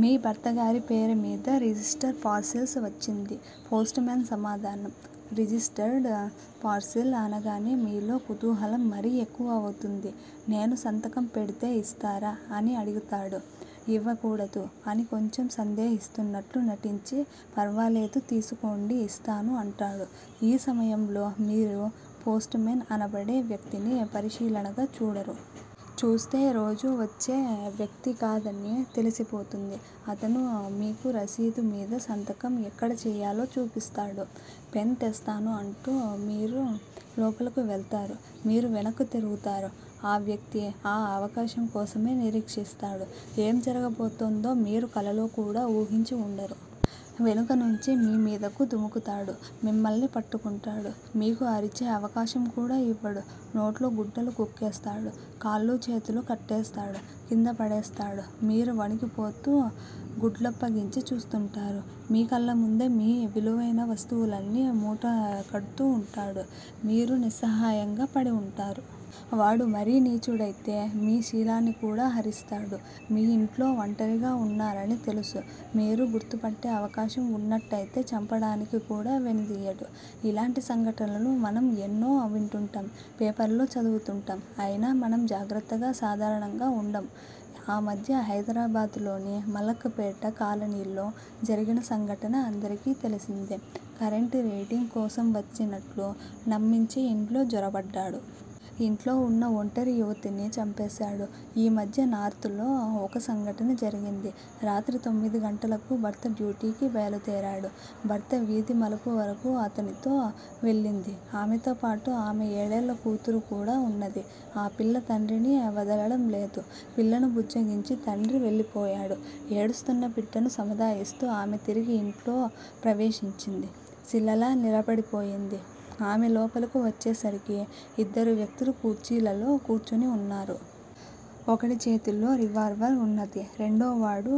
మీ భర్తగారి పేరు మీద రిజిస్టర్ పార్సిల్ వచ్చింది. పోస్టుమాన్ సమాధానం. రిజిస్టర్డ్ పార్సిల్ అనగానే మీలో కుతూహలం మరీ ఎక్కువ అవుతుంది. నేను సంతకం పెడితే ఇస్తారా? అని అడుగుతాడు. ఇవ్వకూడదు. అని కొంచెం సందేహిస్తున్నట్లు నటించి ఫర్వాలేదు తీసుకోండి ఇస్తాను అంటాడు. ఈ సమయంలో మీరు పోస్ట్ మెన్ అనబడే వ్యక్తిని పరిశీలనగా చూడరు. చూస్తే రోజూ వచ్చే వ్యక్తికాదని తెలిసిపోతుంది. అతను మీకు రసీదు మీద సంతకం ఎక్కడ చెయ్యాలో చూపిస్తాడు. పెన్ తెస్తాను అంటూ మీరు లోపలకు వెళ్తారు. మీరు వెనక్కు తిరుగుతారు. ఆ వ్యక్తి ఆ అవకాశం కోసమే నిరీక్షిస్తాడు ఏం జరుగబోతోందో మీరు కలలో కూడా వూహించి ఉండరు. వెనక నుంచి మీ మీదకు దుముకుతాడు మిమ్మల్ని పట్టుకుంటాడు. మీకు అరిచే అవకాశం కూడా ఇవ్వడు. నోట్లో గుడ్డలు కుక్కేస్తాడు కాళ్ళూ చేతులూ కట్టేస్తాడు కింద పడేస్తాడు మీరు వణికిపోతూ, గుడ్లప్పగించి చూస్తుంటారు. మీ కళ్ళముందే మీ విలువైన వస్తువులన్నీ మూట కడ్తూ ఉంటాడు. మీరు నిస్సహాయంగా పడి ఉంటారు. వాడు మరీ నీచుడైతే మీ శీలాన్ని కూడా హరిస్తాడు మీరు ఇంట్లో వంటరిగా ఉన్నారని తెలుసు మీరు గుర్తుపట్టే అవకాశం ఉన్నట్టయితే చంపడానికి కూడా వెనుదీయడు. ఇలాంటి సంఘటనలు మనం ఎన్నో వింటుంటాం. పేపర్ లో చదువుతుంటాం అయినా మనం జాగ్రత్తగా సాధారణంగా ఉండము. ఆ మధ్య హైదరాబాద్ లోని మలక్ పేట కాలనీలో జరిగిన సంఘటన అందరికీ తెలిసిందే కరెంటు రీడింగ్ కోసం వచ్చినట్లు నమ్మించి ఇంట్లో జొరబడ్డాడు. ఇంట్లో ఉన్న ఒంటరి యువతిని చంపేశాడు. ఈ మధ్య నార్తులో ఒక సంఘటన జరిగింది. రాత్రి తొమ్మిది గంటలకు భర్త డ్యూటీకి బయలుదేరాడు. భార్య వీధి మలుపు వరకూ అతనితో వెళ్ళింది ఆమెతోపాటు ఆమె ఏడేళ్ల కూతురు కూడా ఉన్నది ఆ పిల్ల తండ్రిని వదలడంలేదు పిల్లను బుజ్జగించి తండ్రి వెళ్ళిపోయాడు ఏడుస్తున్న బిడ్డను సముదాయిస్తూ ఆమె తిరిగి ఇంట్లో ప్రవేశించి శిలలా నిలబడిపోయింది ఆమె లోపలకు వచ్చేసరికి ఇద్దరు వ్యక్తులు కుర్చీలలో కూర్చుని ఉన్నారు. ఒకడి చేతిలో రివాల్వర్ ఉన్నది. రెండోవాడు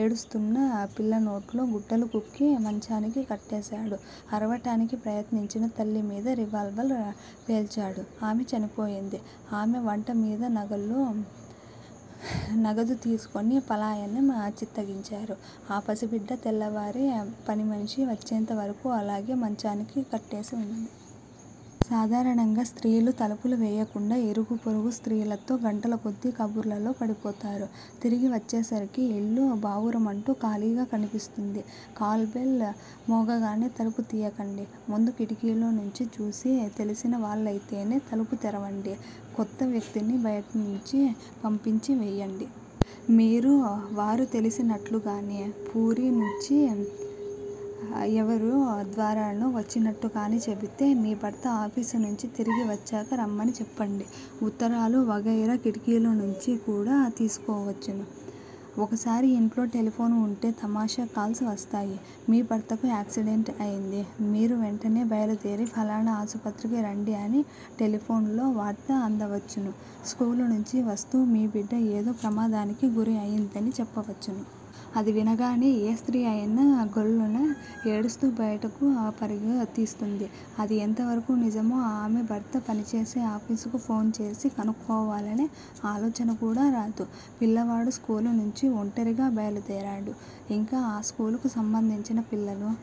ఏడుస్తున్న పిల్లనోట్లో గుడ్డలు కుక్కి మంచానికి కట్టేశాడు. అరవడానికి ప్రయత్నించిన తల్లి మీద రివాల్వర్ పేల్చాడు ఆమె చనిపోయింది ఆమె వంటి మీద నగలూ, నగదు తీసుకొని పలాయనం చిత్తగించారు. ఆ పసిబిడ్డ తెల్లవారి పనిమనిషి వచ్చేంత వరకూ అలాగే మంచానికి కట్టేసి ఉన్నది. సాధారణంగా స్త్రీలు తలుపులు వెయ్యకుండా ఇరుగుపొరుగు స్త్రీలతో గంటలకొద్దీ కబుర్లలో పడిపోతారు. తిరిగి వచ్చేసరికి ఇల్లు బావురుమంటూ ఖాళీగా కనిపిస్తుంది. కాల్ బెల్ మోగగానే తలుపు తియ్యకండి. ముందు కిటికీలో నుంచి చూసి తెలిసిన వాళ్ళయితేనే తలుపు తెరవండి. కొత్త వ్యక్తిని బయటనుంచి పంపించి వెయ్యండి. మీరు వారు తెలిసినట్లుగానీ, వూరి నుంచి ఎవరి ద్వారానో వచ్చినట్టు కాని చెబితే మీ భర్త ఆఫీసు నుంచి తిరిగి వచ్చాక రమ్మని చెప్పండి. ఉత్తరాలూ వగైరా కిటికీలో నుంచి కూడా తీసుకోవచ్చును. ఒకసారి ఇంట్లో టెలిఫోన్ ఉంటే తమాషా కాల్స్ వస్తాయి. మీ భర్తకు యాక్సిడెంట్ అయింది మీరు వెంటనే బయలుదేరి ఫలానా ఆసుపత్రికి రండి అని టెలిఫోన్ లో వార్త అందవచ్చును స్కూలు నుంచి వస్తూ మీ బిడ్డ ఏదో ప్రమాదానికి గురి అయిందని చెప్పవచ్చును. అది వినగానే ఏ స్త్రీ అయినా ఘొల్లున ఏడుస్తూ బయటకు పరుగు తీస్తుంది. అది ఎంతవరకు నిజమో ఆమె భర్త పనిచేసే ఆఫీసుకు ఫోన్ చేసి కనుక్కోవాలనే ఆలోచన కూడా రాదు. పిల్లవాడు స్కూలు నుంచి ఒంటరిగా బయలుదేరాడు. ఇంకా ఆ స్కూలుకు సంబంధించిన పిల్లలు